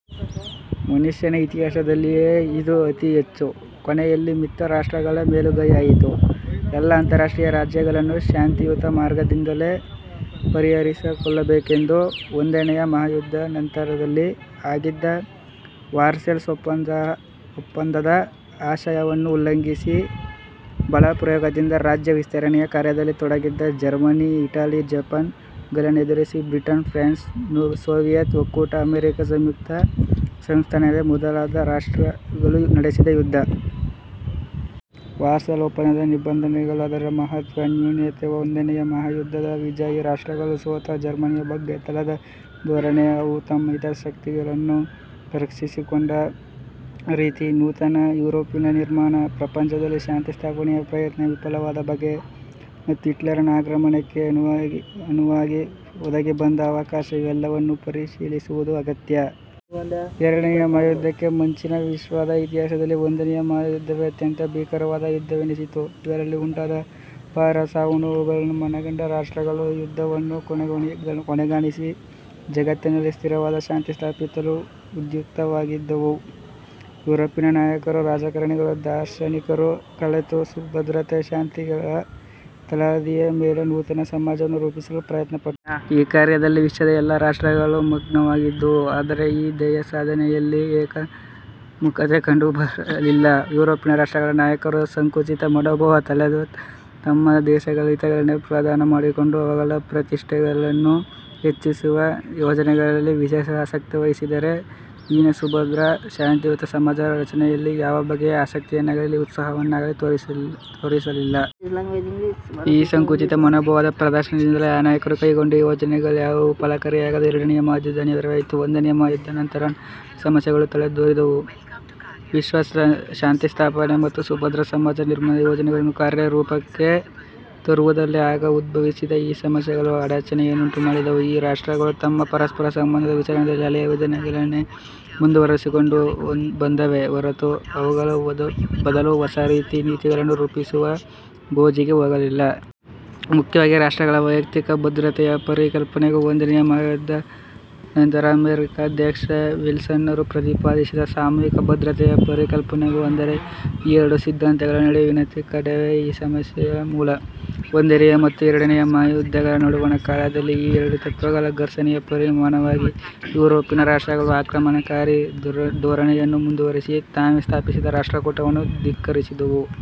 ಮನುಷ್ಯ ನ ಇತಿಹಾಸದಲ್ಲಿಯೇ ಇದು ಅತಿ ಹೆಚ್ಚು. ಕೊನೆಯಲ್ಲಿ ಮಿತ್ರ ರಾಷ್ಟ್ರಗಳ ಮೇಲುಗೈಯಾಯಿತು. ಎಲ್ಲ ಅಂತಾರಾಷ್ಟ್ರೀಯ ವ್ಯಾಜ್ಯಗಳನ್ನೂ ಶಾಂತಿಯುತ ಮಾರ್ಗದಿಂದಲೇ ಪರಿಹರಿಸಿಕೊಳ್ಳಬೇಕೆಂದು ಒಂದನೆಯ ಮಹಾಯುದ್ಧಾನಂತರದಲ್ಲಿ ಆಗಿದ್ದ ವರ್ಸೇಲ್ಸ್ ಒಪ್ಪಂದ ದ ಆಶಯವನ್ನು ಉಲ್ಲಂಘಿಸಿ ಬಲಪ್ರಯೋಗದಿಂದ ರಾಜ್ಯ ವಿಸ್ತರಣೆಯ ಕಾರ್ಯದಲ್ಲಿ ತೊಡಗಿದ್ದ ಜರ್ಮನಿ, ಇಟಲಿ, ಜಪಾನುಗಳನ್ನೆದುರಿಸಿ ಬ್ರಿಟನ್, ಫ್ರಾನ್ಸ್, ಸೋವಿಯತ್ ಒಕ್ಕೂಟ ಅಮೆರಿಕ ಸಂಯುಕ್ತ ಸಂಸ್ಥಾನಗಳೇ ಮೊದಲಾದ ರಾಷ್ಟ್ರಗಳು ನಡೆಸಿದ ಯುದ್ಧ. ವರ್ಸೇಲ್ಸ್ ಒಪ್ಪಂದದ ನಿಬಂಧನೆಗಳು, ಅದರ ಮಹತ್ತ್ವ, ನ್ಯೂನತೆ, ಒಂದನೆಯ ಮಹಾಯುದ್ಧದ ವಿಜಯೀ ರಾಷ್ಟ್ರಗಳು ಸೋತ ಜರ್ಮನಿಯ ಬಗ್ಗೆ ತಳೆದ ಧೋರಣೆ, ಅವು ತಮ್ಮ ಹಿತಾಸಕ್ತಿಗಳನ್ನು ರಕ್ಷಿಸಿ ಕೊಂಡ ರೀತಿ, ನೂತನ ಯುರೋಪಿನ ನಿರ್ಮಾಣ, ಪ್ರಪಂಚದಲ್ಲಿ ಶಾಂತಿಸ್ಥಾಪನೆಯ ಪ್ರಯತ್ನ ವಿಫಲವಾದ ಬಗೆ, ಮತ್ತು ಹಿಟ್ಲರನ ಆಕ್ರಮಣಕ್ಕೆ ಅನುವಾಗಿ ಒದಗಿಬಂದ ಅವಕಾಶ-ಇವೆಲ್ಲವನ್ನೂ ಪರಿಶೀಲಿಸುವುದು ಅಗತ್ಯ. ಎರಡನೆಯ ಮಹಾಯುದ್ಧಕ್ಕೆ ಮುಂಚಿನ ವಿಶ್ವದ ಇತಿಹಾಸದಲ್ಲಿ ಒಂದನೆಯ ಮಹಾಯುದ್ಧ ವೇ ಅತ್ಯಂತ ಭೀಕರವಾದ ಯುದ್ಧವೆನಿಸಿತ್ತು. ಅದರಲ್ಲಿ ಉಂಟಾದ ಅಪಾರ ಸಾವುನೋವುಗಳನ್ನು ಮನಗಂಡ ರಾಷ್ಟ್ರಗಳು ಯುದ್ಧವನ್ನು ಕೊನೆಗಾಣಿಸಿ, ಜಗತ್ತಿನಲ್ಲಿ ಸ್ಥಿರವಾದ ಶಾಂತಿ ಸ್ಥಾಪಿಸಲು ಉದ್ಯುಕ್ತವಾಗಿದ್ದುವು. ಯುರೋಪಿನ ನಾಯಕರೂ ರಾಜಕಾರಣಿಗಳೂ ದಾರ್ಶನಿಕರೂ ಕಲೆತು ಸುಭದ್ರತೆ ಶಾಂತಿಗಳ ತಳಹದಿಯ ಮೇಲೆ ನೂತನ ಸಮಾಜವನ್ನು ರೂಪಿಸಲು ಪ್ರಯತ್ನಪಟ್ಟರು. ಈ ಕಾರ್ಯದಲ್ಲಿ ವಿಶ್ವದ ಎಲ್ಲ ರಾಷ್ಟ್ರಗಳೂ ಮಗ್ನವಾಗಿದ್ದುವು. ಆದರೆ ಈ ಧ್ಯೇಯಸಾಧನೆಯಲ್ಲಿ ಏಕಮುಖತೆ ಕಂಡುಬರಲಿಲ್ಲ. ಯುರೋಪಿನ ರಾಷ್ಟ್ರಗಳ ನಾಯಕರು ಸಂಕುಚಿತ ಮನೋಭಾವ ತಳೆದು ತಂತಮ್ಮ ದೇಶಗಳ ಹಿತಗಳನ್ನೇ ಪ್ರಧಾನ ಮಾಡಿಕೊಂಡು ಅವುಗಳ ಪ್ರತಿಷ್ಠೆಗಳನ್ನು ಹೆಚ್ಚಿಸುವ ಯೋಜನೆಗಳಲ್ಲಿ ವಿಶೇಷ ಆಸಕ್ತಿ ವಹಿಸಿದ್ದರೇ ವಿನಾ ಸುಭದ್ರ ಶಾಂತಿಯುತ ಸಮಾಜದ ರಚನೆಯಲ್ಲಿ ಯಾವ ಬಗೆಯ ಆಸಕ್ತಿಯನ್ನಾಗಲಿ ಉತ್ಸಾಹವನ್ನಾಗಲಿ ತೋರಿಸಲಿಲ್ಲ. ಈ ಸಂಕುಚಿತ ಮನೋಭಾವದ ಪ್ರದರ್ಶನದಿಂದಲೇ ಆ ನಾಯಕರು ಕೈಗೊಂಡ ಯೋಜನೆಗಳಾವುವೂ ಫಲಕಾರಿಯಾಗದೆ ಎರಡನೆಯ ಮಹಾಯುದ್ಧ ಅನಿವಾರ್ಯವಾಯಿತು. ಒಂದನೆಯ ಮಹಾಯುದ್ಧಾನಂತರ ನಾನಾ ಸಮಸ್ಯೆಗಳು ತಲೆದೋರಿದುವು. ವಿಶ್ವಶಾಂತಿಸ್ಥಾಪನೆ ಮತ್ತು ಸುಭದ್ರ ಸಮಾಜ ನಿರ್ಮಾಣದ ಯೋಜನೆಗಳನ್ನು ಕಾರ್ಯರೂಪಕ್ಕೆ ತರುವುದರಲ್ಲಿ ಆಗ ಉದ್ಭವಿಸಿದ ಈ ಸಮಸ್ಯೆಗಳು ಅಡಚಣೆಯನ್ನುಂಟು ಮಾಡಿದವು. ಈ ರಾಷ್ಟ್ರಗಳು ತಮ್ಮ ಪರಸ್ಪರ ಸಂಬಂಧದ ವಿಚಾರದಲ್ಲಿ ಹಳೆಯ ವಿಧಾನಗಳನ್ನೇ ಮುಂದುವರಿಸಿಕೊಂಡು ಬಂದವೇ ಹೊರತು, ಅವುಗಳ ಬದಲು ಹೊಸ ರೀತಿ ನೀತಿಗಳನ್ನು ರೂಪಿಸುವ ಗೋಜಿಗೇ ಹೋಗಲಿಲ್ಲ. ಮುಖ್ಯವಾಗಿ ರಾಷ್ಟ್ರಗಳ ವೈಯಕ್ತಿಕ ಭದ್ರತೆಯ ಪರಿಕಲ್ಪನೆಗೂ, ಒಂದನೆಯ ಮಹಾಯುದ್ಧಾನಂತರ ಅಮೆರಿಕಾಧ್ಯಕ್ಷ ವಿಲ್ಸನರು ಪ್ರತಿಪಾದಿಸಿದ ಸಾಮೂಹಿಕ ಭದ್ರತೆಯ ಪರಿಕಲ್ಪನೆಗೂ ಅಂದರೆ ಈ ಎರಡು ಸಿದ್ಧಾಂತಗಳ ನಡುವಿನ ತಿಕ್ಕಾಟವೇ ಈ ಸಮಸ್ಯೆಯ ಮೂಲ. ಒಂದನೆಯ ಮತ್ತು ಎರಡನೆಯ ಮಹಾಯುದ್ಧಗಳ ನಡುವಣ ಕಾಲದಲ್ಲಿ ಈ ಎರಡು ತತ್ತ್ವಗಳ ಘರ್ಷಣೆಯ ಪರಿಣಾಮವಾಗಿ ಯುರೋಪಿನ ರಾಷ್ಟ್ರಗಳು ಆಕ್ರಮಣಕಾರಿ ಧೋರಣೆಯನ್ನು ಮುಂದುವರಿಸಿ ತಾವೇ ಸ್ಥಾಪಿಸಿದ ರಾಷ್ಟ್ರಕೂಟ ವನ್ನು ಧಿಕ್ಕರಿಸಿದುವು.